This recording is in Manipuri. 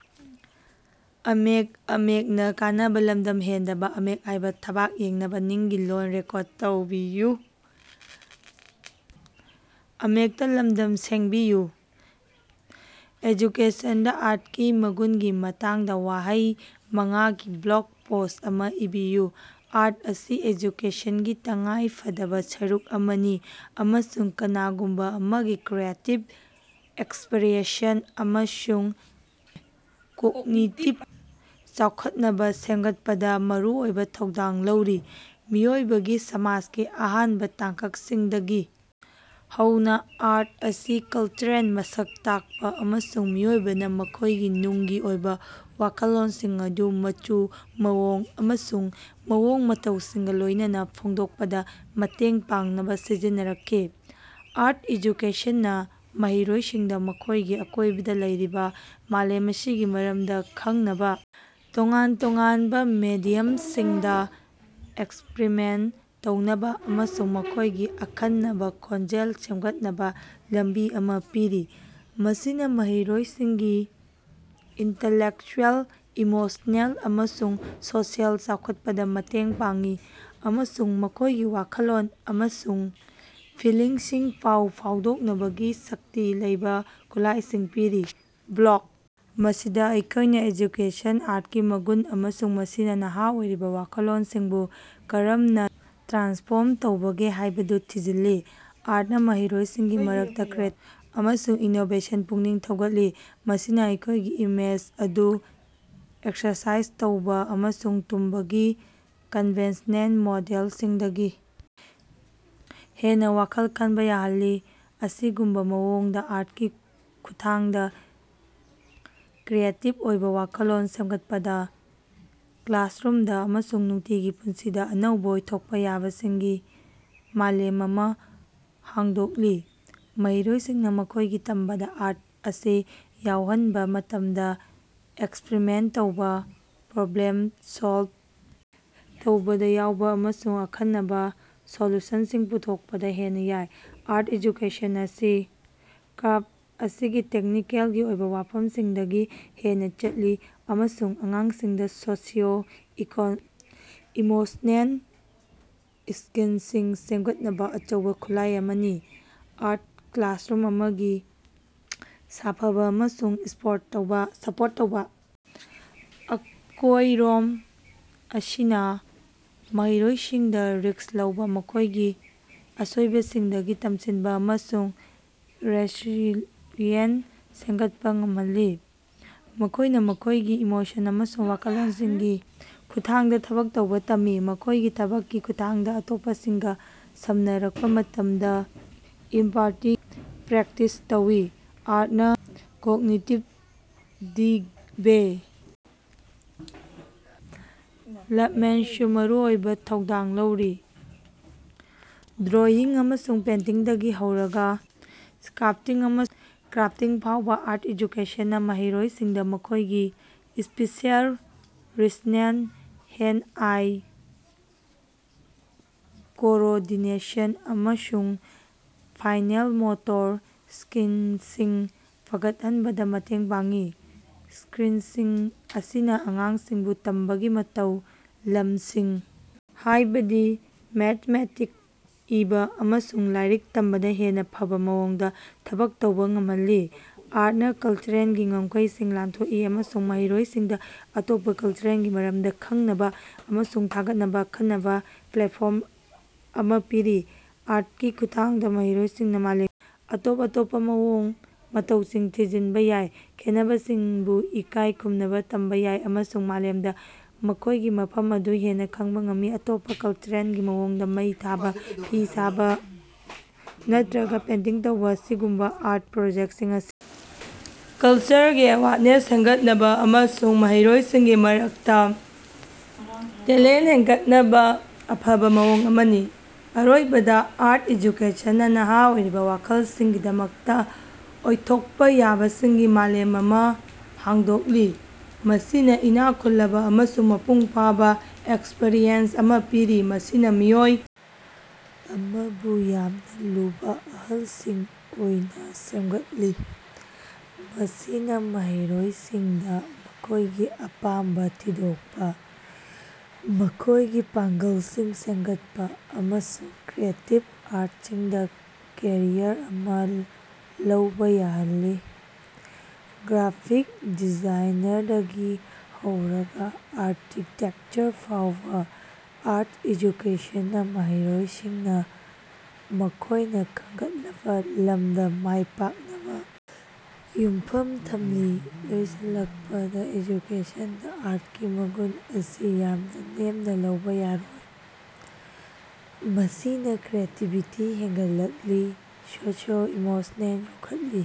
ꯑꯦꯖꯨꯀꯦꯁꯟꯗ ꯑꯥꯔꯠꯀꯤ ꯃꯒꯨꯟꯒꯤ ꯃꯇꯥꯡꯗ ꯋꯥꯍꯩ ꯃꯉꯥ ꯒꯤ ꯕ꯭ꯂꯣꯛ ꯄꯣꯁ ꯑꯃ ꯏꯕꯤꯌꯨ꯫ ꯑꯥꯔꯠ ꯑꯁꯤ ꯑꯦꯖꯨꯀꯦꯁꯟꯒꯤ ꯇꯉꯥꯏꯐꯗꯕ ꯁꯔꯨꯛ ꯑꯃꯅꯤ ꯑꯃꯁꯨꯡ ꯀꯅꯥꯒꯨꯝꯕ ꯑꯃꯒꯤ ꯀ꯭ꯔꯤꯌꯦꯇꯤꯞ ꯑꯦꯛꯁꯄ꯭ꯔꯦꯁꯟ ꯑꯃꯁꯨꯡ ꯀꯣꯛꯅꯤꯇꯤꯞ ꯆꯥꯎꯈꯠꯅꯕ ꯁꯦꯝꯒꯠꯄꯗ ꯃꯔꯨꯑꯣꯏꯕ ꯊꯧꯗꯥꯡ ꯂꯧꯔꯤ꯫ ꯃꯤꯑꯣꯏꯕꯒꯤ ꯁꯃꯥꯖꯀꯤ ꯑꯍꯥꯟꯕ ꯇꯥꯡꯀꯛꯁꯤꯡꯗꯒꯤ ꯍꯧꯅ ꯑꯥꯔꯠ ꯑꯁꯤ ꯀꯜꯆꯔꯒꯤ ꯃꯁꯛ ꯇꯥꯛꯄ ꯑꯃꯁꯨꯡ ꯃꯤꯑꯣꯏꯕꯅ ꯃꯈꯣꯏꯒꯤ ꯅꯨꯡꯒꯤ ꯑꯣꯏꯕ ꯋꯥꯈꯜꯂꯣꯟꯁꯤꯡ ꯑꯗꯨ ꯃꯆꯨ, ꯃꯑꯣꯡ ꯑꯃꯁꯨꯡ ꯃꯑꯣꯡ ꯃꯇꯧꯁꯤꯡꯒ ꯂꯣꯏꯅꯅ ꯐꯣꯡꯗꯣꯛꯄꯗ ꯃꯇꯦꯡ ꯄꯥꯡꯅꯕ ꯁꯤꯖꯤꯟꯅꯔꯛꯈꯤ꯫ ꯑꯥꯔꯠ ꯑꯦꯖꯨꯀꯦꯁꯟꯅ ꯃꯍꯩꯔꯣꯏꯁꯤꯡꯗ ꯃꯈꯣꯏꯒꯤ ꯑꯀꯣꯏꯕꯗ ꯂꯩꯔꯤꯕ ꯃꯥꯂꯦꯝ ꯑꯁꯤꯒꯤ ꯃꯔꯝꯗ ꯈꯪꯅꯕ, ꯇꯣꯉꯥꯟ-ꯇꯣꯉꯥꯟꯕ ꯃꯦꯗꯤꯌꯝꯁꯤꯡꯗ ꯑꯦꯛꯁꯄ꯭ꯔꯤꯃꯦꯟꯇ ꯇꯧꯅꯕ ꯑꯃꯁꯨꯡ ꯃꯈꯣꯏꯒꯤ ꯑꯈꯟꯅꯕ ꯈꯣꯟꯖꯦꯜ ꯁꯦꯝꯒꯠꯅꯕ ꯂꯝꯕꯤ ꯑꯃ ꯄꯤꯔꯤ꯫ ꯃꯁꯤꯅ ꯃꯍꯩꯔꯣꯏꯁꯤꯡꯒꯤ ꯏꯟꯇꯦꯂꯦꯛꯆꯨꯑꯦꯜ, ꯏꯃꯣꯁꯅꯦꯜ, ꯑꯃꯁꯨꯡ ꯁꯣꯁꯤꯑꯦꯜ ꯆꯥꯎꯈꯠꯄꯗ ꯃꯇꯦꯡ ꯄꯥꯡꯏ ꯑꯃꯁꯨꯡ ꯃꯈꯣꯏꯒꯤ ꯋꯥꯈꯜꯂꯣꯟ ꯑꯃꯁꯨꯡ ꯐꯤꯜꯂꯤꯡꯁꯤꯡ ꯄꯥꯎ ꯐꯥꯎꯗꯣꯛꯅꯕꯒꯤ ꯁꯛꯇꯤ ꯂꯩꯕ ꯈꯨꯠꯂꯥꯏꯁꯤꯡ ꯄꯤꯔꯤ꯫ ꯕ꯭ꯂꯣꯛ ꯑꯁꯤꯗ ꯑꯩꯈꯣꯏꯅ ꯑꯦꯖꯨꯀꯦꯁꯟ ꯑꯥꯔꯠꯀꯤ ꯃꯒꯨꯟ ꯑꯃꯁꯨꯡ ꯃꯁꯤꯅ ꯅꯍꯥ ꯑꯣꯏꯔꯤꯕ ꯋꯥꯈꯜꯂꯣꯟꯁꯤꯡꯕꯨ ꯀꯔꯝꯅ ꯇ꯭ꯔꯥꯟꯁꯐꯣꯔꯝ ꯇꯧꯕꯒꯦ ꯍꯥꯏꯕꯗꯨ ꯊꯤꯖꯤꯜꯂꯤ꯫ ꯑꯥꯔꯠꯅ ꯃꯍꯩꯔꯣꯏꯁꯤꯡꯒꯤ ꯃꯔꯛꯇ ꯀ꯭ꯔꯤꯌꯦꯇꯤꯕꯤꯇꯤ ꯑꯃꯁꯨꯡ ꯏꯅꯣꯕꯦꯁꯟ ꯄꯨꯛꯅꯤꯡ ꯊꯧꯒꯠꯂꯤ꯫ ꯃꯁꯤꯅ ꯃꯈꯣꯏꯒꯤ ꯏꯃꯦꯖꯃꯦꯟꯇ ꯑꯗꯨ ꯑꯦꯛꯁꯔꯁꯥꯏꯖ ꯇꯧꯕꯥ ꯑꯃꯁꯨꯡ ꯇꯝꯕꯒꯤ ꯀꯟꯚꯦꯟꯁꯅꯦꯜ ꯃꯣꯗꯦꯜꯁꯤꯡꯗꯒꯤ ꯍꯦꯟꯅ ꯋꯥꯈꯜ ꯈꯟꯕ ꯌꯥꯍꯜꯂꯤ꯫ ꯑꯁꯤꯒꯨꯝꯕꯥ ꯃꯑꯣꯡꯗ, ꯑꯥꯔꯠꯀꯤ ꯈꯨꯠꯊꯥꯡꯗ ꯀ꯭ꯔꯤꯌꯦꯇꯤꯞ ꯑꯣꯏꯕ ꯋꯥꯈꯜꯂꯣꯟ ꯁꯦꯝꯒꯠꯄꯅ ꯀ꯭ꯂꯥꯁꯔꯨꯝꯗ ꯑꯃꯁꯨꯡ ꯅꯨꯡꯇꯤꯒꯤ ꯄꯨꯟꯁꯤꯗ ꯑꯅꯧꯕ ꯑꯣꯏꯊꯣꯛꯄ ꯌꯥꯕꯁꯤꯡꯒꯤ ꯃꯥꯂꯦꯝ ꯑꯃ ꯍꯥꯡꯗꯣꯛꯂꯤ꯫ ꯃꯍꯩꯔꯣꯏꯁꯤꯡꯅ ꯃꯈꯣꯏꯒꯤ ꯇꯝꯕꯗ ꯑꯥꯔꯠ ꯑꯁꯤ ꯌꯥꯎꯍꯟꯕ ꯃꯇꯝꯗ ꯑꯦꯛꯁꯄ꯭ꯔꯤꯃꯦꯟꯇ ꯇꯧꯕ, ꯄ꯭ꯔꯣꯕ꯭ꯂꯦꯝ ꯁꯣꯜꯕ ꯇꯧꯕꯗ ꯌꯥꯎꯕ ꯑꯃꯁꯨꯡ ꯑꯈꯟꯅꯕ ꯁꯣꯂꯨꯁꯟꯁꯤꯡ ꯄꯨꯊꯣꯛꯄ ꯍꯦꯟꯅ ꯌꯥꯏ꯫ ꯑꯥꯔꯠ ꯑꯦꯖꯨꯀꯦꯁꯟ ꯑꯁꯤ ꯀ꯭ꯔꯥꯐ ꯑꯁꯤꯒꯤ ꯇꯦꯛꯅꯤꯀꯦꯜꯒꯤ ꯑꯣꯏꯕ ꯋꯥꯐꯝꯁꯤꯡꯗꯒꯤ ꯍꯦꯟꯅ ꯆꯠꯂꯤ ꯑꯃꯁꯨꯡ ꯑꯉꯥꯡꯁꯤꯡꯗ ꯁꯣꯁꯤꯑꯣ-ꯏꯃꯣꯁꯅꯦꯜ ꯁ꯭ꯀꯤꯜꯁꯤꯡ ꯁꯦꯝꯒꯠꯅꯕ ꯑꯆꯧꯕ ꯈꯨꯠꯂꯥꯏ ꯑꯃꯅꯤ꯫ ꯑꯥꯔꯠ ꯀ꯭ꯂꯥꯁꯔꯨꯝ ꯑꯃꯒꯤ ꯁꯥꯐꯕ ꯑꯃꯁꯨꯡ ꯁꯄꯣ꯭ꯔꯠ ꯇꯧꯕ ꯑꯀꯣꯏꯔꯣꯟ ꯑꯁꯤꯅ ꯃꯍꯩꯔꯣꯏꯁꯤꯡꯗ ꯔꯤꯁ꯭ꯛ ꯂꯧꯕ, ꯃꯈꯣꯏꯒꯤ ꯑꯁꯣꯏꯕꯁꯤꯡꯗꯒꯤ ꯇꯝꯁꯤꯟꯕ ꯑꯃꯁꯨꯡ ꯔꯦꯁꯤꯂꯤꯌꯦꯟꯁ ꯁꯦꯝꯒꯠꯄ ꯉꯝꯍꯜꯂꯤ꯫ ꯃꯈꯣꯢꯅ ꯃꯈꯣꯏꯒꯤ ꯏꯃꯣꯁꯟ ꯑꯃꯁꯨꯡ ꯋꯥꯈꯜꯂꯣꯟꯁꯤꯡꯒꯤ ꯈꯨꯠꯊꯥꯡꯗ ꯊꯕꯛ ꯇꯧꯕ ꯇꯝꯃꯤ, ꯃꯈꯣꯏꯒꯤ ꯊꯕꯛꯀꯤ ꯈꯨꯠꯊꯥꯡꯗ ꯑꯇꯣꯞꯄꯁꯤꯡꯒ ꯁꯝꯅꯔꯛꯄ ꯃꯇꯝꯗ ꯏꯝꯄꯥꯇꯤꯒꯤ ꯄ꯭ꯔꯦꯛꯇꯤꯁ ꯇꯧꯏ꯫ ꯑꯥꯔꯠꯅ ꯀꯣꯒꯅꯤꯇꯤꯚ ꯗꯤꯚꯦ ꯂꯞꯃꯦꯟꯠꯗꯁꯨ ꯃꯔꯨꯑꯣꯏꯕ ꯊꯧꯗꯥꯡ ꯂꯧꯔꯤ꯫ ꯗ꯭ꯔꯣꯏꯪ ꯑꯃꯁꯨꯡ ꯄꯦꯟꯇꯤꯡꯗꯒꯤ ꯍꯧꯔꯒ ꯁ꯭ꯀꯜꯞꯇꯤꯡ ꯑꯃꯁꯨꯡ ꯀ꯭ꯔꯥꯞꯇꯤꯡ ꯐꯥꯎꯕ, ꯑꯥꯔꯠ ꯑꯦꯖꯨꯀꯦꯁꯟꯅ ꯃꯍꯩꯔꯣꯏꯁꯤꯡꯗ ꯃꯈꯣꯏꯒꯤ ꯁ꯭ꯄꯦꯁꯤꯑꯦꯜ ꯔꯤꯖꯅꯦꯜ, ꯍꯦꯟ-ꯑꯥꯏ ꯀꯣꯑꯣꯔꯗꯤꯅꯦꯁꯟ, ꯑꯃꯁꯨꯡ ꯐꯥꯏꯅꯦꯜ ꯃꯣꯇꯣꯔ ꯁ꯭ꯀꯤꯜꯁꯤꯡ ꯐꯒꯠꯍꯟꯕꯗ ꯃꯇꯦꯡ ꯄꯥꯡꯏ꯫ ꯁ꯭ꯀꯤꯜꯁꯤꯡ ꯑꯁꯤꯅ ꯑꯉꯥꯡꯁꯤꯡꯕꯨ ꯇꯝꯕꯒꯤ ꯑꯇꯩ ꯂꯝꯁꯤꯡ ꯍꯥꯏꯕꯗꯤ ꯃꯦꯊꯃꯦꯇꯤꯛꯁ, ꯏꯕ, ꯑꯃꯁꯨꯡ ꯂꯥꯏꯔꯤꯛ ꯇꯝꯕꯗ ꯍꯦꯟꯅ ꯐꯕ ꯃꯑꯣꯡꯗ ꯊꯕꯛ ꯇꯧꯕ ꯉꯝꯍꯜꯂꯤ꯫ ꯑꯥꯔꯠꯅ ꯀꯜꯆꯔꯒꯤ ꯉꯝꯈꯩꯁꯤꯡ ꯂꯥꯟꯊꯣꯛꯏ ꯑꯃꯁꯨꯡ ꯃꯍꯩꯔꯣꯏꯁꯤꯡꯗ ꯑꯇꯣꯞꯄ ꯀꯜꯆꯔꯁꯤꯡꯒꯤ ꯃꯔꯝꯗ ꯈꯪꯅꯕ ꯑꯃꯁꯨꯡ ꯊꯥꯒꯠꯅꯕ ꯑꯈꯟꯅꯕ ꯄ꯭ꯂꯦꯠꯐꯣ ꯔꯝ ꯑꯃ ꯄꯤꯔꯤ꯫ ꯑꯥꯔꯠꯀꯤ ꯈꯨꯠꯊꯥꯡꯗ ꯃꯍꯩꯔꯣꯏꯁꯤꯡꯅ ꯃꯥꯂꯦꯝꯒꯤ ꯇꯣꯞ ꯇꯣꯞꯄ ꯃꯑꯣꯡ ꯃꯇꯧꯁꯤꯡ ꯊꯤꯖꯤꯟꯕ ꯌꯥꯏ, ꯈꯦꯠꯅꯕꯁꯤꯡꯕꯨ ꯏꯀꯥꯏ ꯈꯨꯝꯅꯕ ꯇꯝꯕ ꯌꯥꯏ ꯑꯃꯁꯨꯡ ꯃꯥꯂꯦꯝꯗ ꯃꯈꯣꯏꯒꯤ ꯃꯐꯝ ꯑꯗꯨ ꯍꯦꯟꯅ ꯈꯪꯕ ꯉꯝꯃꯤ꯫ ꯑꯇꯣꯞꯄ ꯀꯜꯆꯔꯒꯤ ꯃꯑꯣꯡꯗ ꯃꯩ ꯊꯥꯕ, ꯐꯤ ꯁꯥꯕ, ꯅꯠꯇ꯭ꯔꯒ ꯄꯦꯟꯇꯤꯡ ꯇꯧꯕ ꯑꯁꯤꯒꯨꯝꯕ ꯑꯥꯔꯠ ꯄ꯭ꯔꯣꯖꯦꯛꯁꯤꯡ ꯑꯁꯤ ꯀꯜꯆꯔꯒꯤ ꯑꯦꯋꯦꯌꯔꯅꯦꯁ ꯁꯦꯝꯒꯠꯅꯕ ꯑꯃꯁꯨꯡ ꯃꯍꯩꯔꯣꯏꯁꯤꯡꯒꯤ ꯃꯔꯛꯇ ꯇꯦꯂꯦꯔꯦꯟꯁ ꯍꯦꯟꯒꯠꯍꯟꯅꯕ ꯑꯐꯕ ꯃꯑꯣꯡ ꯑꯃꯅꯤ꯫ ꯑꯔꯣꯏꯕꯗ, ꯑꯥꯔꯠ ꯑꯦꯖꯨꯀꯦꯁꯟꯅ ꯅꯍꯥ ꯑꯣꯏꯔꯤꯕ ꯋꯥꯈꯜꯁꯤꯡꯒꯤꯗꯃꯛꯇ ꯑꯣꯏꯊꯣꯛꯄ ꯌꯥꯕꯁꯤꯡꯒꯤ ꯃꯥꯂꯦꯝ ꯑꯃ ꯍꯥꯡꯗꯣꯛꯂꯤ꯫ ꯃꯁꯤꯅ ꯏꯅꯥꯛ ꯈꯨꯜꯂꯕ ꯑꯃꯁꯨꯡ ꯃꯄꯨꯡ ꯐꯥꯕ ꯑꯦꯛꯁꯄꯔꯤꯌꯦꯟꯁ ꯑꯃ ꯄꯤꯔꯤ, ꯃꯁꯤꯅ ꯃꯤꯑꯣꯏ ꯑꯃꯕꯨ ꯌꯥꯝꯅ ꯂꯨꯕ ꯑꯍꯜꯁꯤꯡ ꯑꯣꯏꯅ ꯁꯦꯝꯒꯠꯂꯤ꯫ ꯃꯁꯤꯅ ꯃꯍꯩꯔꯣꯏꯁꯤꯡꯗ ꯃꯈꯣꯏꯒꯤ ꯑꯄꯥꯝꯕ ꯊꯤꯗꯣꯛꯄ, ꯃꯈꯣꯏꯒꯤ ꯄꯥꯡꯒꯜꯁꯤꯡ ꯁꯦꯝꯒꯠꯄ ꯑꯃꯁꯨꯡ ꯀ꯭ꯔꯤꯌꯦꯇꯤꯞ ꯑꯥꯔꯠꯁꯤꯡꯗ ꯀꯦꯔꯤꯌꯔ ꯑꯃ ꯂꯧꯕ ꯌꯥꯍꯜꯂꯤ꯫ ꯒ꯭ꯔꯥꯐꯤꯛ ꯗꯤꯖꯥꯏꯅꯔꯗꯒꯤ ꯍꯧꯔꯒ ꯑꯥꯔꯀꯤꯇꯦꯛꯆꯔ ꯐꯥꯎꯕ, ꯑꯥꯔꯠ ꯑꯦꯖꯨꯀꯦꯁꯟꯅ ꯃꯍꯩꯔꯣꯏꯁꯤꯡꯅ ꯃꯈꯣꯏꯅ ꯈꯟꯒꯠꯂꯕ ꯂꯝꯗ ꯃꯥꯏꯄꯥꯛꯅꯕ ꯌꯨꯝꯐꯝ ꯊꯝꯂꯤ꯫ ꯂꯣꯏꯁꯤꯜꯂꯛꯄꯗ, ꯑꯦꯖꯨꯀꯦꯁꯟꯗ ꯑꯥꯔꯠꯀꯤ ꯃꯒꯨꯟ ꯑꯁꯤ ꯌꯥꯝꯅ ꯅꯦꯝꯅ ꯂꯧꯕ ꯌꯥꯔꯣꯏ꯫ ꯃꯁꯤꯅ ꯀ꯭ꯔꯤꯌꯦꯇꯤꯕꯤꯇꯤ ꯍꯦꯅꯒꯠꯍꯜꯂꯤ, ꯁꯣꯁꯤꯑꯣ-ꯏꯃꯣꯁꯅꯦꯜ ꯌꯣꯛꯈꯠꯂꯤ꯫